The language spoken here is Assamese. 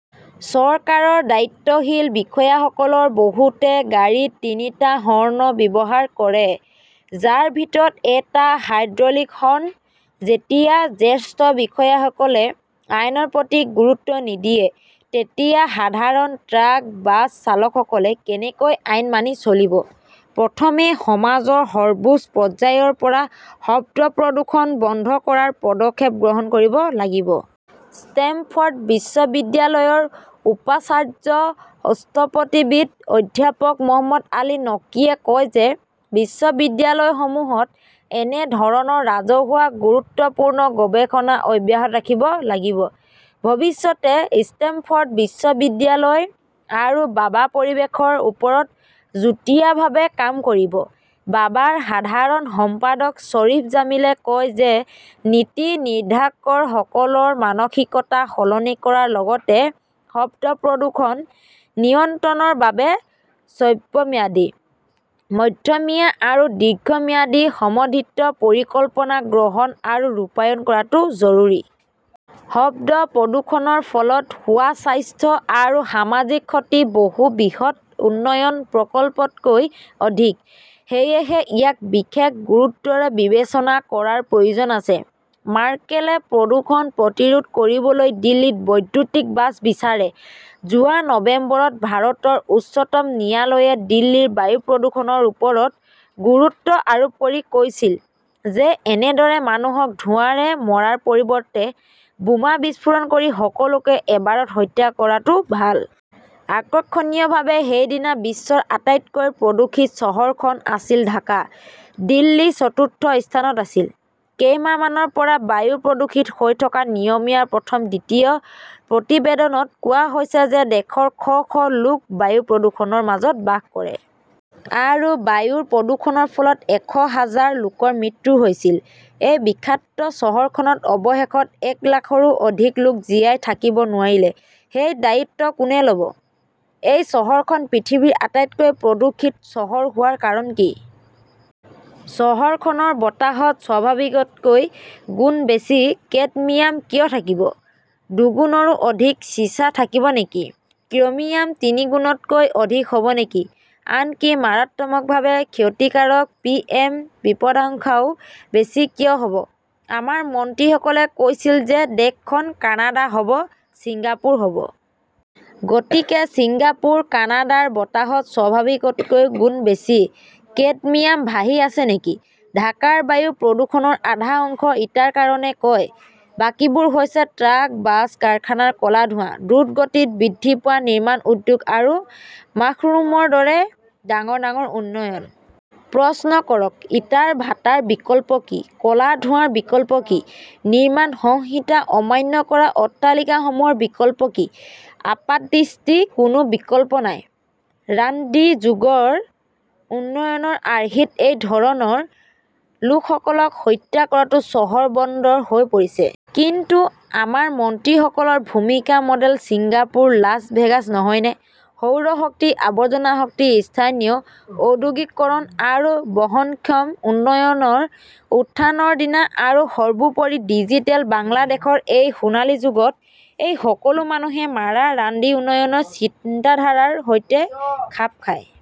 চৰকাৰৰ দায়িত্বশীল বিষয়াসকলৰ বহুতে গাড়ীত তিনিটা হৰ্ণ ব্যৱহাৰ কৰে, যাৰ ভিতৰত এটা হাইড্ৰলিক হৰ্ণ। যেতিয়া জ্যেষ্ঠ বিষয়াসকলে আইনৰ প্ৰতি গুৰুত্ব নিদিয়ে, তেতিয়া সাধাৰণ ট্ৰাক-বাছ চালকসকলে কেনেকৈ আইন মানি চলিব? প্ৰথমে সমাজৰ সৰ্বোচ্চ পৰ্যায়ৰ পৰা শব্দ প্ৰদূষণ বন্ধ কৰাৰ পদক্ষেপ গ্ৰহণ কৰিব লাগিব। ষ্টেমফৰ্ড বিশ্ববিদ্যালয়ৰ উপাচাৰ্য স্থপতিবিদ অধ্যাপক মহম্মদ আলী নকিয়ে কয় যে বিশ্ববিদ্যালয়সমূহত এনে ধৰণৰ ৰাজহুৱা গুৰুত্বপূৰ্ণ গৱেষণা অব্যাহত ৰাখিব লাগিব। ভৱিষ্যতে ষ্টেমফৰ্ড বিশ্ববিদ্যালয় আৰু বাবা পৰিৱেশৰ ওপৰত যুটীয়াভাৱে কাম কৰিব। বাবাৰ সাধাৰণ সম্পাদক শ্বৰীফ জামিলে কয় যে নীতি নিৰ্ধাৰকসকলৰ মানসিকতা সলনি কৰাৰ লগতে শব্দ প্ৰদূষণ নিয়ন্ত্ৰণৰ বাবে হ্ৰস্বম্যাদী, মধ্যমীয়া আৰু দীৰ্ঘম্যাদী সমন্বিত পৰিকল্পনা গ্ৰহণ আৰু ৰূপায়ণ কৰাটো জৰুৰী। শব্দ প্ৰদূষণৰ ফলত হোৱা স্বাস্থ্য আৰু সামাজিক ক্ষতি বহু বৃহৎ উন্নয়ন প্ৰকল্পতকৈ অধিক। সেয়েহে ইয়াক বিশেষ গুৰুত্বৰে বিবেচনা কৰাৰ প্ৰয়োজন আছে। মাৰ্কেলে প্ৰদূষণ প্ৰতিৰোধ কৰিবলৈ দিল্লীত বৈদ্যুতিক বাছ বিচাৰে যোৱা নৱেম্বৰত ভাৰতৰ উচ্চতম ন্যায়ালয়ে দিল্লীৰ বায়ু প্ৰদূষণৰ ওপৰত গুৰুত্ব আৰোপ কৰি কৈছিল যে এনেদৰে মানুহক ধোঁৱাৰে মৰাৰ পৰিৱৰ্তে বোমা বিস্ফোৰণ কৰি সকলোকে এবাৰত হত্যা কৰাটো ভাল। আকৰ্ষণীয়ভাৱে, সেইদিনা বিশ্বৰ আটাইতকৈ প্ৰদূষিত চহৰখন আছিল ঢাকা। দিল্লী চতুৰ্থ স্থানত আছিল। কেইমাহমানৰ পৰা বায়ু প্ৰদূষিত হৈ থকা নিয়মীয়া প্ৰথম-দ্বিতীয় । প্ৰতিবেদনত কোৱা হৈছে যে দেশৰ শ -শ লোক বায়ু প্ৰদূষণৰ মাজত বাস কৰে। আৰু বায়ু প্ৰদূষণৰ ফলত এশ হাজাৰ লোকৰ মৃত্যু হৈছিল। এই বিষাক্ত চহৰখনত অৱশেষত এক লাখৰো অধিক লোক জীয়াই থাকিব নোৱাৰিলে সেই দায়িত্ব কোনে ল'ব? এই চহৰখন পৃথিৱীৰ আটাইতকৈ প্ৰদূষিত চহৰ হোৱাৰ কাৰণ কি? চহৰখনৰ বতাহত স্বাভাৱিকতকৈ গুণ বেছি কেডমিয়াম কিয় থাকিব? দুগুণৰো অধিক চিছা থাকিব নেকি? ক্ৰমিয়াম তিনিগুণতকৈ অধিক হ'ব নেকি? আনকি মাৰাত্মকভাৱে ক্ষতিকাৰক 'পিএম বিপদাশংকাও বেছি কিয় হ'ব? আমাৰ মন্ত্ৰীসকলে কৈছিল যে দেশখন কানাডা হ 'ব, ছিংগাপুৰ হ' ব। গতিকে ছিংগাপুৰ, কানাডাৰ বতাহত স্বাভাৱিকতকৈ গুণ বেছি কেডমিয়াম ভাহি আছে নেকি? ঢাকাৰ বায়ু প্ৰদূষণৰ আধা অংশ ইটাৰ কাৰণে হয়। বাকীবোৰ হৈছে ট্ৰাক, বাছ, কাৰখানাৰ ক'লা ধোঁৱা, দ্ৰুতগতিত বৃদ্ধি পোৱা নিৰ্মাণ উদ্যোগ, আৰু মাশৰুমৰ দৰে ডাঙৰ ডাঙৰ উন্নয়ন। প্ৰশ্ন কৰক, ইটাৰ ভাটাৰ বিকল্প কি? ক'লা ধোঁৱাৰ বিকল্প কি? নিৰ্মাণ সংহিতা অমান্য কৰা অট্টালিকাসমূহৰ বিকল্প কি? আপাতদৃষ্টিত কোনো বিকল্প নাই। ৰাড্ডী যুগৰ উন্নয়নৰ আৰ্হিত এই ধৰণৰ লোকসকলক হত্যা কৰাটো চহৰ-বন্দৰ হৈ পৰিছে। কিন্তু আমাৰ মন্ত্ৰীসকলৰ ভূমিকা মডেল ছিংগাপুৰ, লাছ ভেগাছ নহয়নে? সৌৰ শক্তি, আৱৰ্জনা শক্তি, স্থানীয় ঔদ্যোগিকৰণ আৰু বহনক্ষম উন্নয়নৰ উত্থানৰ দিনা আৰু সৰ্বোপৰি 'ডিজিটেল' বাংলাদেশৰ এই 'সোণালী যুগত' এই সকলো মানুহে মাৰা ৰাড্ডী উন্নয়নৰ চিন্তাধাৰাৰ সৈতে খাপ খায়?